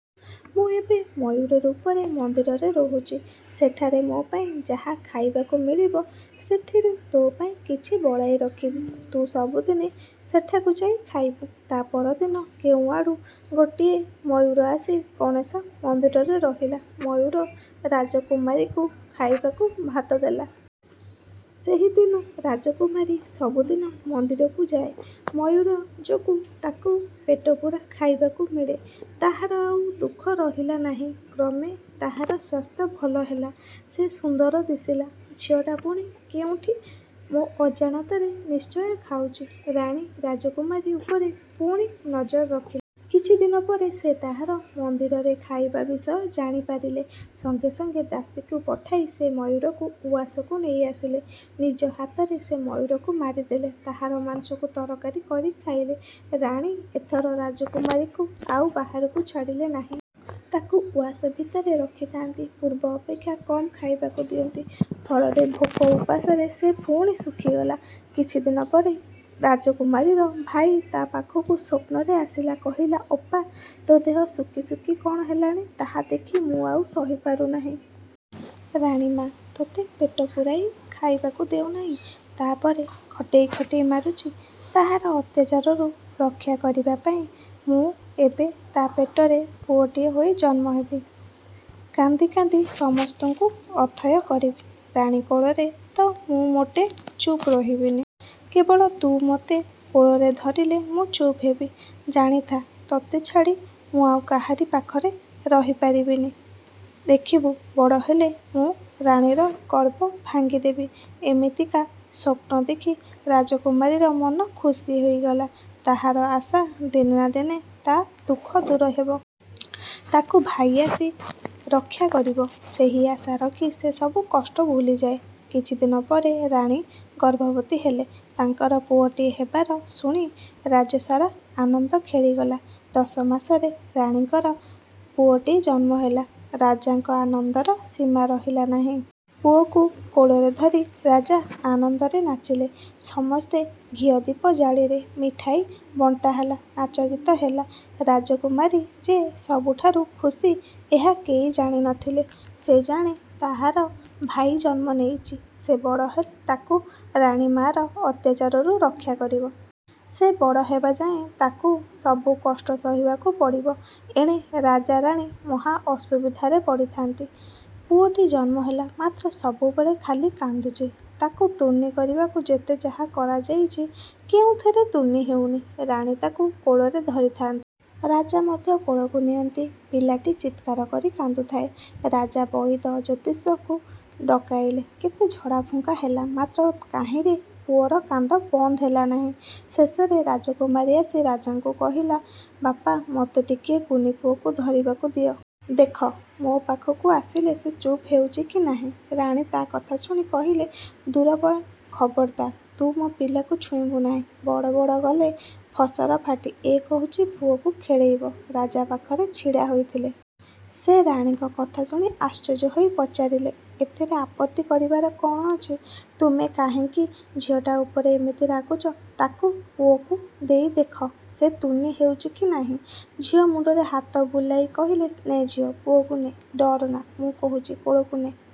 ମୁଁ ଏବେ ମୟୂର ରୂପରେ ମନ୍ଦିରରେ ରହୁଛି। ସେଠାରେ ମୋ ପାଇଁ ଯାହା ଖାଇବାକୁ ମିଳିବ, ସେଥିରୁ ତୋ ପାଇଁ କିଛି ବଳାଇ ରଖିବି। ତୁ ସବୁଦିନେ ସେଠାକୁ ଯାଇ ଖାଇବୁ। ତା ପରଦିନ କେଉଁଆଡ଼ୁ ଗୋଟିଏ ମୟୂର ଆସି ଗଣେଶ ମନ୍ଦିରରେ ରହିଲା। ମୟୂର ରାଜକୁମାରୀକୁ ଖାଇବାକୁ ଭାତ ଦେଲା। ସେହି ଦିନୁ ରାଜକୁମାରୀ ସବୁଦିନ ମନ୍ଦିରକୁ ଯାଏ। ମୟୂର ଯୋଗୁ ତାକୁ ପେଟପୂରା ଖାଇବାକୁ ମିଳେ। ତାହାର ଆଉ ଦୁଃଖ ରହିଲା ନାହିଁ। କ୍ରମେ ତାହାର ସ୍ୱାସ୍ଥ୍ୟ ଭଲ ହେଲା। ସେ ସୁନ୍ଦର ଦିଶିଲା। ଝିଅଟା ପୁଣି କେଉଁଠି ମୋ ଅଜାଣତରେ ନିଶ୍ଚୟ ଖାଉଛି। ରାଣୀ ରାଜକୁମାରୀ ଉପରେ ପୁଣି ନଜର ରଖିଲେ। କିଛି ଦିନ ପରେ ସେ ତାହାର ମନ୍ଦିରରେ ଖାଇବା ବିଷୟ ଜାଣିପାରିଲେ। ସଙ୍ଗେ ସଙ୍ଗେ ଦାସୀକୁ ପଠାଇ ସେ ମୟୂରକୁ ଉଆସକୁ ନେଇଆସିଲେ। ନିଜ ହାତରେ ସେ ମୟୂରକୁ ମାରିଦେଲେ। ତାହାର ମାଂସକୁ ତରକାରି କରି ଖାଇଲେ। ରାଣୀ ଏଥର ରାଜକୁମାରୀକୁ ଆଉ ବାହାରକୁ ଛାଡ଼ିଲେ ନାହିଁ। ତାକୁ ଉଆସ ଭିତରେ ରଖିଥାନ୍ତି। ପୂର୍ବ ଅପେକ୍ଷା କମ୍ ଖାଇବାକୁ ଦିଅନ୍ତି। ଫଳରେ ଭୋକ ଉପାସରେ ସେ ପୁଣି ଶୁଖିଗଲା। କିଛି ଦିନ ପରେ ରାଜକୁମାରୀର ଭାଇ ତା ପାଖକୁ ସ୍ୱପ୍ନରେ ଆସିଲା। କହିଲା ଅପା ତୋ ଦେହ ଶୁଖି ଶୁଖି କ'ଣ ହେଲାଣି? ତାହା ଦେଖି ମୁଁ ଆଉ ସହିପାରୁନାହିଁ। ରାଣୀ ମାଆ ତୋତେ ପେଟ ପୂରାଇ ଖାଇବାକୁ ଦେଉନାହିଁ। ତା ପରେ ଖଟେଇ ଖଟେଇ ମାରୁଛି। ତାହାର ଅତ୍ୟାଚାରରୁ ରକ୍ଷା କରିବା ପାଇଁ ମୁଁ ଏବେ ତା ପେଟରେ ପୁଅଟିଏ ହୋଇ ଜନ୍ମ ହେବି। କାନ୍ଦି କାନ୍ଦି ସମସ୍ତଙ୍କୁ ଅଥୟ କରିବି। ରାଣୀ କୋଳରେ ତ ମୁଁ ମୋଟେ ଚୁପ ରହିବିନି। କେବଳ ତୁ ମୋତେ କୋଳରେ ଧରିଲେ ମୁଁ ଚୁପ ହେବି। ଜାଣିଥା ତୋତେ ଛାଡ଼ି ମୁଁ ଆଉ କାହାରି ପାଖରେ ରହିପାରିବିନି। ଦେଖିବୁ, ବଡ଼ ହେଲେ ମୁଁ ରାଣୀର ଗର୍ବ ଭାଙ୍ଗି ଦେବି। ଏମିତିକା ସ୍ୱପ୍ନ ଦେଖି ରାଜକୁମାରୀର ମନ ଖୁସି ହୋଇଗଲା। ତାହାର ଆଶା, ଦିନେ ନା ଦିନେ ତା ଦୁଃଖ ଦୂର ହେବ। ତାକୁ ଭାଇ ଆସି ରକ୍ଷା କରିବ। ସେହି ଆଶା ରଖି ସେ ସବୁ କଷ୍ଟ ଭୁଲିଯାଏ। କିଛି ଦିନ ପରେ ରାଣୀ ଗର୍ଭବତୀ ହେଲେ। ତାଙ୍କର ପୁଅଟିଏ ହେବାର ଶୁଣି ରାଜ୍ୟ ସାରା ଆନନ୍ଦ ଖେଳିଗଲା। ଦଶ ମାସରେ ରାଣୀଙ୍କର ପୁଅଟିଏ ଜନ୍ମ ହେଲା। ରାଜାଙ୍କ ଆନନ୍ଦର ସୀମା ରହିଲା ନାହିଁ। ପୁଅକୁ କୋଳରେ ଧରି ରାଜା ଆନନ୍ଦରେ ନାଚିଲେ। ସମସ୍ତେ ଘିଅ ଦୀପ ଜାଳିଲେ। ମିଠାଇ ବଣ୍ଟା ହେଲା। ନାଚଗୀତ ହେଲା। ରାଜକୁମାରୀ ଯେ ସବୁଠାରୁ ଖୁସି ଏହା କେହି ଜାଣି ନ ଥିଲେ। ସେ ଜାଣେ, ତାହାର ଭାଇ ଜନ୍ମ ନେଇଛି। ସେ ବଡ଼ ହେଲେ ତାକୁ ରାଣୀ ମାଆର ଅତ୍ୟାଚାରରୁ ରକ୍ଷା କରିବ। ସେ ବଡ଼ ହେବା ଯାଏ ତାକୁ ସବୁ କଷ୍ଟ ସହିବାକୁ ପଡ଼ିବ। ଏଣେ ରାଜା ରାଣୀ ମହା ଅସୁବିଧାରେ ପଡ଼ିଥାନ୍ତି। ପୁଅଟି ଜନ୍ମ ହେଲା। ମାତ୍ର ସବୁବେଳେ ଖାଲି କାନ୍ଦୁଛି। ତାକୁ ତୁନି କରିବାକୁ ଯେତେ ଯାହା କରାଯାଇଛି। କେଉଁଥିରେ ତୁନି ହେଉନି। ରାଣୀ ତାକୁ କୋଳରେ ଧରିଥାନ୍ତି। ରାଜା ମଧ୍ୟ କୋଳକୁ ନିଅନ୍ତି। ପିଲାଟି ଚିତ୍କାର କରି କାନ୍ଦୁଥାଏ। ରାଜା ବଇଦ ଜ୍ୟୋତିଷଙ୍କୁ ଡକାଇଲେ। କେତେ ଝଡ଼ାଫୁଙ୍କା ହେଲା। ମାତ୍ର କାହିଁରେ ପୁଅର କାନ୍ଦ ବନ୍ଦ ହେଲା ନାହିଁ। ଶେଷରେ ରାଜକୁମାରୀ ଆସି ରାଜାଙ୍କୁ କହିଲା ବାପା ମୋତେ ଟିକିଏ କୁନି ପୁଅକୁ ଧରିବାକୁ ଦିଅ। ଦେଖ ମୋ ପାଖକୁ ଆସିଲେ ସେ ଚୁପ ହେଉଛି କି ନାହିଁ। ରାଣୀ ତା କଥା ଶୁଣି କହିଲେ ଦୂର ପଳା। ଖବରଦାର ତୁ ମୋ ପିଲାକୁ ଛୁଇଁବୁ ନାହିଁ। ବଡ଼ ବଡ଼ ଗଲେ ଫସର ଫାଟି ଏ କହୁଛି ପୁଅକୁ ଖେଳେଇବ? ରାଜା ପାଖରେ ଛିଡ଼ା ହୋଇଥିଲେ। ସେ ରାଣୀଙ୍କ କଥା ଶୁଣି ଆଶ୍ଚର୍ଯ୍ୟ ହୋଇ ପଚାରିଲେ। ଏଥିରେ ଆପତ୍ତି କରିବାର କ'ଣ ଅଛି? ତୁମେ କାହିଁକି ଝିଅଟା ଉପରେ ଏପରି ରାଗୁଛ? ତାକୁ ପୁଅକୁ ଦେଇ ଦେଖ ସେ ତୁନି ହେଉଛି କି ନାହିଁ। ଝିଅ ମୁଣ୍ଡରେ ହାତ ବୁଲାଇ କହିଲେ ନେ ଝିଅ ପୁଅକୁ ନେ। ଡରନା ମୁଁ କହୁଛି କୋଳକୁ ନେ।